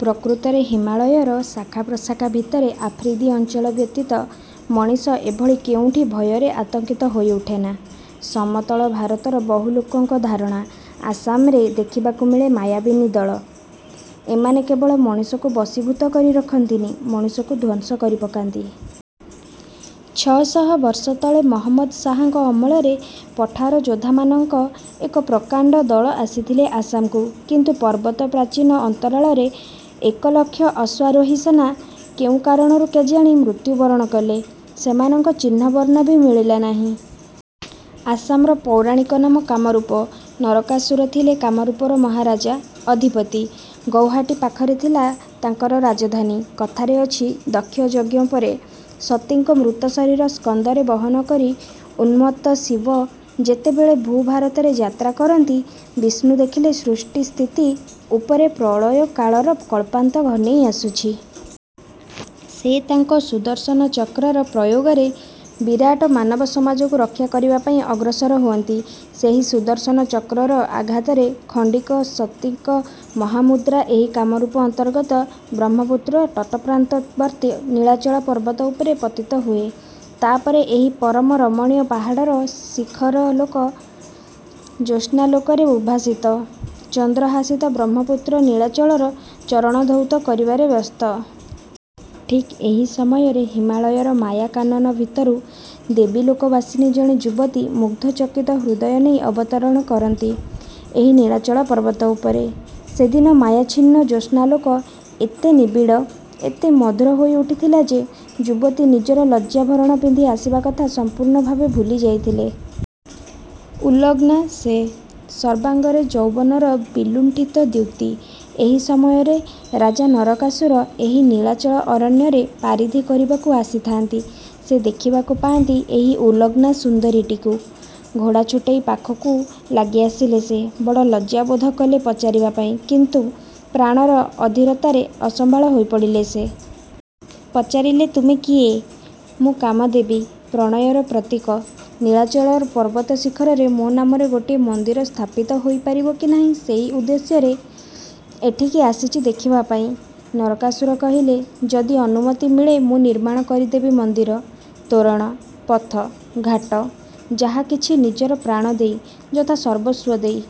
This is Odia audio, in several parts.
ପ୍ରକୃତରେ ହିମାଳୟର ଶାଖାପ୍ରଶାଖା ଭିତରେ ଆଫ୍ରିଦୀ ଅଞ୍ଚଳ ବ୍ୟତୀତ ମଣିଷ ଏଭଳି କେଉଁଠି ଭୟରେ ଆତଙ୍କିତ ହୋଇ ଉଠେନା। ସମତଳ ଭାରତର ବହୁ ଲୋକଙ୍କ ଧାରଣା, ଆସାମରେ ଦେଖିବାକୁ ମିଳେ ମାୟାବିନୀ ଦଳ। ଏମାନେ କେବଳ ମଣିଷକୁ ବଶୀଭୂତ କରି ରଖନ୍ତିନି, ମଣିଷକୁ ଧ୍ୱସଂ କରିପକାନ୍ତି। ଛଅ ଶହ ବର୍ଷ ତଳେ ମହମ୍ମଦ ସାହାଙ୍କ ଅମଳରେ ପଠାର ଯୋଦ୍ଧାମାନଙ୍କ ଏକ ପ୍ରକାଣ୍ଡ ଦଳ ଆସିଥିଲେ ଆସାମକୁ, କିନ୍ତୁ ପର୍ବତ ପ୍ରାଚୀନ ଅନ୍ତରାଳରେ ଏକ ଲକ୍ଷ ଅଶ୍ୱାରୋହୀ ସେନା କେଉଁ କାରଣରୁ କେଜାଣି ମୃତ୍ୟୁ ବରଣ କଲେ, ସେମାନଙ୍କ ଚିହ୍ନ ବର୍ଣ୍ଣ ବି ମିଳିଲା ନାହିଁ। ଆସାମର ପୌରାଣିକ ନାମ କାମରୂପ। ନରକାସୁର ଥିଲେ କାମରୂପର ମହାରାଜା, ଅଧିପତି। ଗୌହାଟୀ ପାଖରେ ଥିଲା ତାଙ୍କର ରାଜଧାନୀ। କଥା ଅଛି, ଦକ୍ଷଯଜ୍ଞ ପରେ ସତୀଙ୍କ ମୃତଶରୀର ସ୍କନ୍ଧରେ ବହନକରି ଉନ୍ମତ୍ତ ଶିବ ଯେତେବେଳେ ଭୂଭାରତରେ ଯାତ୍ରା କରନ୍ତି, ବିଷ୍ଣୁ ଦେଖିଲେ ସୃଷ୍ଟି ସ୍ଥିତି ଉପରେ ପ୍ରଳୟ କାଳର କଳ୍ପାନ୍ତ ଘନେଇ ଆସୁଚି। ସେ ତାଙ୍କ ସୁଦର୍ଶନ ଚକ୍ରର ପ୍ରୟୋଗରେ ବିରାଟ ମାନବସମାଜକୁ ରକ୍ଷାକରିବା ପାଇଁ ଅଗ୍ରସର ହୁଅନ୍ତି। ସେହି ସୁଦର୍ଶନ ଚକ୍ରର ଆଘାତରେ ଖଣ୍ଡିକ ସତୀଙ୍କ ମହାମୁଦ୍ରା ଏହି କାମରୂପ ଅନ୍ତର୍ଗତ ବ୍ରହ୍ମପୁତ୍ର ତଟପ୍ରାନ୍ତବର୍ତ୍ତୀ ନୀଳାଚଳ ପର୍ବତ ଉପରେ ପତିତ ହୁଏ। ତା ପରେ ଏହି ପରମ ରମଣୀୟ ପାହାଡ଼ର ଶିଖରଲୋକ ଜ୍ୟୋସ୍ନାଲୋକରେ ଉଦ୍ଭାସିତ, ଚନ୍ଦ୍ରହାସିତ ବ୍ରହ୍ମପୁତ୍ର ନୀଳାଚଳର ଚରଣ ଧୌତ କରିବାରେ ବ୍ୟସ୍ତ। ଠିକ୍ ଏହି ସମୟରେ ହିମାଳୟର ମାୟା କାନନ ଭିତରୁ ଦେବୀଲୋକବାସିନୀ ଜଣେ ଯୁବତୀ ମୁଗ୍ଧଚକିତ ହୃଦୟ ନେଇ ଅବତରଣ କରନ୍ତି ଏହି ନୀଳାଚଳ ପର୍ବତ ଉପରେ। ସେଦିନ ମାୟାଚ୍ଛିନ୍ନ ଜ୍ୟୋସ୍ନାଲୋକ ଏତେ ନିବିଡ଼, ଏତେ ମଧୁର ହୋଇ ଉଠିଥଥିଲା ଯେ,। ଯୁବତୀ ନିଜର ଲଜ୍ଜାଭରଣ ପିନ୍ଧି ଆସିବାକଥା ସମ୍ପୂର୍ଣ୍ଣ ଭାବରେ ଭୁଲି ଯାଇଥିଲେ। ଉଲଗ୍ନା ସେ। ସର୍ବାଙ୍ଗରେ ଯୌବନର ବିଲୁଣ୍ଠିତ ଦ୍ୟୁତି। ଏହି ସମୟରେ ରାଜା ନରକାସୁର ଏହି ନୀଳାଚଳ ଅରଣ୍ୟରେ ପାରିଧି କରିବାକୁ ଆସିଥାଆନ୍ତି। ସେ ଦେଖିବାକୁ ପାଆନ୍ତି ଏହି ଉଲଗ୍ନା ସୁନ୍ଦରୀଟିକୁ। ଘୋଡ଼ା ଛୁଟେଇ ପାଖକୁ ଲାଗିଆସିଲେ ସେ। ବଡ଼ ଲଜ୍ଜାବୋଧ କଲେ ପଚାରିବା ପାଇଁ; କିନ୍ତୁ ପ୍ରାଣର ଅଧୀରତାରେ ଅସମ୍ଭାଳ ହୋଇପଡ଼ିଲେ ସେ। ପଚାରିଲେ-ତୁମେ କିଏ? -ମୁଁ କାମଦେବୀ, ପ୍ରଣୟର ପ୍ରତୀକ। ନୀଳାଚଳର ପର୍ବତଶିଖରରେ ମୋ ନାମରେ ଗୋଟିଏ ମନ୍ଦିର ସ୍ଥାପିତ ହୋଇପାରିବ କି ନାହିଁ, ସେଇ ଉଦ୍ଦେଶ୍ୟରେ ଏଠିକି ଆସିଚି ଦେଖିବା ପାଇଁ। ନରକାସୁର କହିଲେ, ଯଦି ଅନୁମତି ମିଳେ, ମୁଁ ନିର୍ମାଣ କରିଦେବି ମନ୍ଦିର, ତୋରଣ, ପଥ, ଘାଟ ଯାହା କିଛି-ନିଜର ପ୍ରାଣ ଦେଇ, ଯଥାସର୍ବସ୍ୱ ଦେଇ।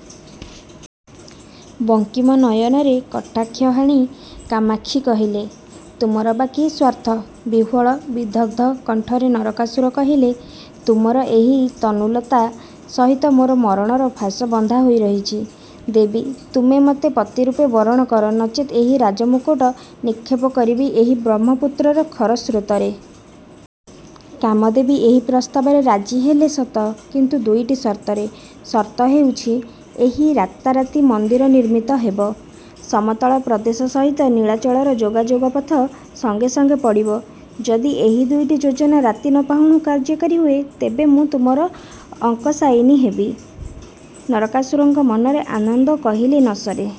ବଙ୍କିମ ନୟନରେ କଟାକ୍ଷ ହାଣି କାମାକ୍ଷୀ କହିଲେ, ତୁମର ବା କି ସ୍ୱାର୍ଥ? ବିହ୍ୱଳ, ବିଦଗ୍ଧ କଣ୍ଠରେ ନରକାସୁର କହିଲେ, ତୁମର ଏହି ତନୁଲତା ସହିତ ମୋର ମରଣର ଫାଶ ବନ୍ଧା ହୋଇ ରହିଛି। ଦେବି! ତୁମେ ମତେ ପତି ରୂପେ ବରଣ କର, ନଚେତ୍ ଏହି ରାଜମୁକୁଟ ନିକ୍ଷେପ କରିବି ଏହି ବ୍ରହ୍ମପୁତ୍ରର ଖରସ୍ରୋତରେ। କାମଦେବୀ ଏହି ପ୍ରସ୍ତାବରେ ରାଜି ହେଲେ ସତ, କିନ୍ତୁ ଦୁଇଟି ସର୍ତ୍ତରେ। ସର୍ତ୍ତ ହେଉଛି, ଏହି ରାତାରାତି ମନ୍ଦିର ନିର୍ମିତ ହେବ, ସମତଳ ପ୍ରଦେଶ ସହିତ ନୀଳାଚଳର ଯୋଗାଯୋଗ ପଥ ସଙ୍ଗେ ସଙ୍ଗେ ପଡ଼ିବ। ଯଦି ଏହି ଦୁଇଟି ଯୋଜନା ରାତି ନ ପାହୁଣୁ କାର୍ଯ୍ୟକାରୀ ହୁଏ, ତେବେ ମୁଁ ତୁମର ଅଙ୍କଶାୟିନୀ ହେବି। ନରକାସୁରଙ୍କ ମନରେ ଆନନ୍ଦ କହିଲେ ନ ସରେ।